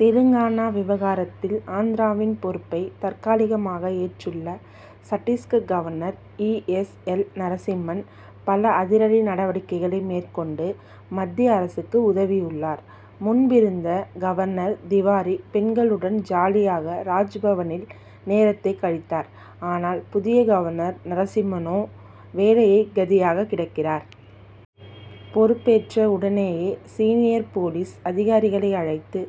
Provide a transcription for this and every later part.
தெலுங்கானா விவகாரத்தில், ஆந்திராவின் பொறுப்பை தற்காலிகமாக ஏற்றுள்ள Chhattisgarh governor E. S. L. Narasimhan, பல அதிரடி நடவடிக்கைகளை மேற்கொண்டு, மத்திய அரசுக்கு உதவியுள்ளார். முன்பிருந்த கவர்னர் திவாரி, பெண்களுடன் ஜாலியாக ராஜ்பவனில் நேரத்தை கழித்தார். ஆனால், புதிய கவர்னர் நரசிம்மனோ வேலையே கதியாக கிடக்கிறார். பொறுப்பேற்ற உடனேயே, சீனியர் போலீஸ் அதிகாரிகளை அழைத்து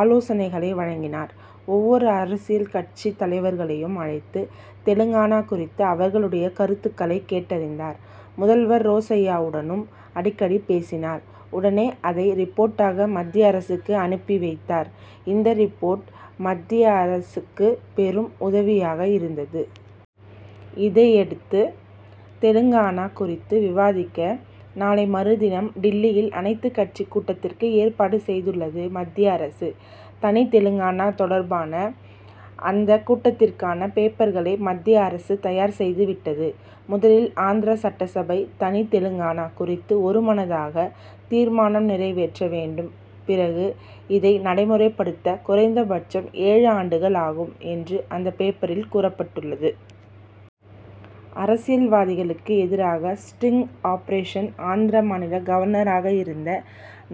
ஆலோசனைகளை வழங்கினார். ஒவ்வொரு அரசியல் கட்சித் தலைவர்களையும் அழைத்து, தெலுங்கானா குறித்து அவர்களுடைய கருத்துக்களை கேட்டறிந்தார். முதல்வர் ரோசய்யாவுடனும் அடிக்கடி பேசினார். உடனே அதை ரிப்போர்ட்டாக மத்திய அரசுக்கு அனுப்பி வைத்தார். இந்த ரிப்போர்ட், மத்திய அரசுக்கு பெரும் உதவியாக இருந்தது. இதையெடுத்து, தெலுங்கானா குறித்து விவாதிக்க, நாளை மறுதினம் டில்லியில் அனைத்துக் கட்சிக் கூட்டத்திற்கு ஏற்பாடு செய்துள்ளது மத்திய அரசு. தனி தெலுங்கானா தொடர்பான அந்த கூட்டத்திற்கான பேப்பர்களை மத்திய அரசு தயார் செய்துவிட்டது. முதலில் ஆந்திர சட்டசபை தனி தெலுங்கானா குறித்து ஒருமனதாக தீர்மானம் நிறைவேற்ற வேண்டும் பிறகு, இதை நடைமுறை படுத்த குறைந்த பட்சம் ஏழு ஆண்டுகள் ஆகும் என்று அந்த பேப்பரில் கூறப்பட்டுள்ளது. அரசியல்வாதிகளுக்கு எதிராக ஸ்டிங் ஆபரேஷன் ஆந்திர மாநில கவர்னராக இருந்த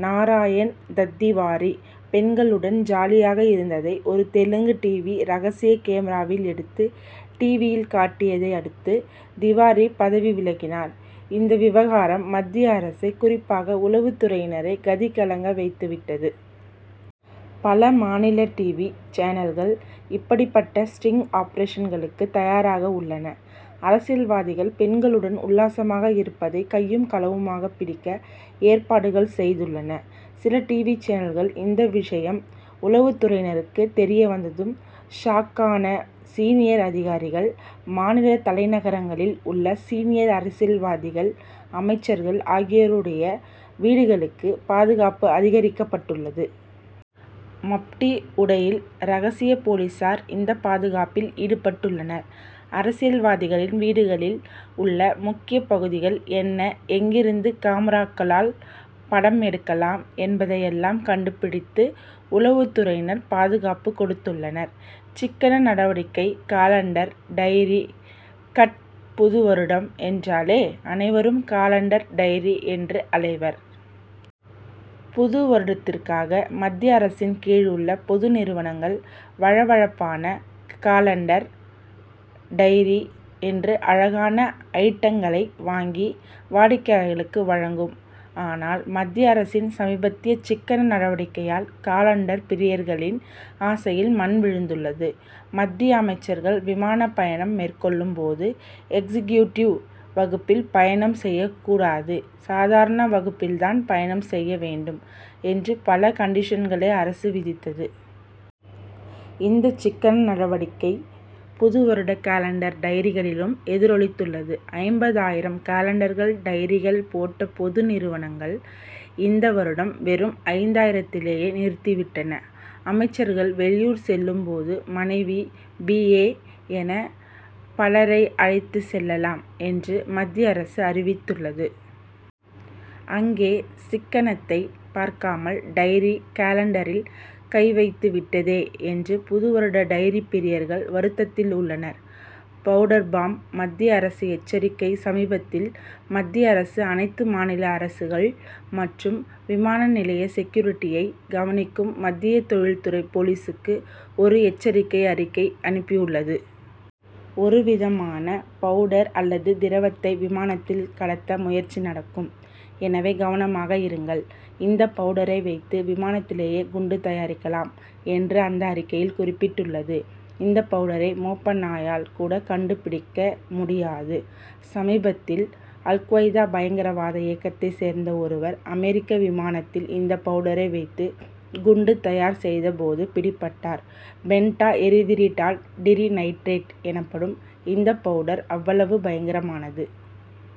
நாராயண் தத்திவாரி, பெண்களுடன் ஜாலியாக இருந்ததை, ஒரு தெலுங்கு 'டிவி' ரகசிய கேமிராவில் எடுத்து, டிவியில் காட்டியதை அடுத்து, திவாரி பதவி விலகினார். இந்த விவகாரம் மத்திய அரசை குறிப்பாக உளவுத் துறையினரை கதி கலங்க வைத்துவிட்டது. பல மாநில 'டிவி' சேனல்கள், இப்படிப்பட்ட ஸ்டிங் ஆபரேஷன்களுக்கு தயாராக உள்ளன. அரசியல்வாதிகள் பெண்களுடன் உல்லாசமாக இருப்பதை கையும், களவுமாக பிடிக்க ஏற்பாடுகள் செய்துள்ளன சில 'டிவி' சேனல்கள். இந்த விஷயம் உளவுத் துறையினருக்கு தெரிய வந்ததும் 'ஷாக்' ஆன சீனியர் அதிகாரிகள். மாநில தலைநகரங்களில் உள்ள சீனியர் அரசியல்வாதிகள் அமைச்சர்கள் ஆகியோருடைய வீடுகளுக்கு, பாதுகாப்பு அதிகரிக்கப்பட்டுள்ளது. மப்டி உடையில் ரகசிய போலீசார் இந்த பாதுகாப்பில் ஈடுபட்டுள்ளனர். அரசியல்வாதிகளின் வீடுகளில் உள்ள முக்கிய பகுதிகள் என்ன? எங்கிருந்து காமிராக்களால் படம் எடுக்கலாம் என்பதையெல்லாம் கண்டுபிடித்து, உளவுத் துறையினர் பாதுகாப்பு கொடுத்துள்ளனர். சிக்கன நடவடிக்கை காலண்டர், டைரி 'கட்' புது வருடம் என்றாலே அனைவரும் காலண்டர், டைரி என்று அலைவர். புது வருடத்திற்காக மத்திய அரசின் கீழ் உள்ள பொது நிறுவனங்கள் வழ வழப்பான காலண்டர், டைரி என்று அழகான அயிட்டங்களை வாங்கி, வாடிக்கையாளர்களுக்கு வழங்கும். ஆனால், மத்திய அரசின் சமீபத்திய சிக்கன நடவடிக்கையால், காலண்டர் பிரியர்களின் ஆசையில் மண் விழுந்துள்ளது. 'மத்திய அமைச்சர்கள் விமானப் பயணம் மேற்கொள்ளும் போது எக்சிகியூடிவ் வகுப்பில் பயணம் செய்யக்கூடாது சாதாரண வகுப்பில் தான் பயணம் செய்ய வேண்டும்' என்று, பல கண்டிஷன்களை அரசு விதித்தது. இந்த சிக்கன நடவடிக்கை புது வருட காலண்டர், டைரிகளிலும் எதிரொலித்துள்ளது. ஐம்பதாயிரம் காலண்டர்கள், டைரிகள் போட்ட பொது நிறுவனங்கள், இந்த வருடம் வெறும் ஐந்தாயிரத்திலேயே நிறுத்திவிட்டன. 'அமைச்சர்கள் வெளியூர் செல்லும் போது மனைவி, பி. ஏ. என பலரை அழைத்துச் செல்லலாம் என்று, மத்திய அரசு அறிவித்துள்ளது. அங்கே சிக்கனத்தைப் பார்க்காமல் டைரி, காலண்டரில் கை வைத்துவிட்டதே என்று புது வருட டைரி பிரியர்கள் வருத்தத்தில் உள்ளனர். 'பவுடர் பாம்' மத்திய அரசு எச்சரிக்கை சமீபத்தில் மத்திய அரசு, அனைத்து மாநில அரசுகள் மற்றும் விமான நிலைய செக்யூரிடியை கவனிக்கும் மத்திய தொழில்துறை போலீசுக்கு ஒரு எச்சரிக்கை அறிக்கை அனுப்பியுள்ளது. ஒரு விதமான பவுடர் அல்லது திரவத்தை விமானத்தில் கடத்த முயற்சி நடக்கும். எனவே கவனமாக இருங்கள். இந்த பவுடரை வைத்து விமானத்திலேயே குண்டு தயாரிக்கலாம்' என்று அந்த அறிக்கையில் குறிப்பிட்டுள்ளது. இந்த பவுடரை மோப்ப நாயால் கூட கண்டுபிடிக்க முடியாது. சமீபத்தில், அல் குவைதா பயங்கரவாத இயக்கத்தைச் சேர்ந்த ஒருவர், அமெரிக்க விமானத்தில் இந்த பவுடரை வைத்து குண்டு தயார் செய்த போது பிடிபட்டார். பென்டா எரிதிரிடால் டிரிநைட்ரேட் எனப்படும் இந்த பவுடர் அவ்வளவு பயங்கரமானது.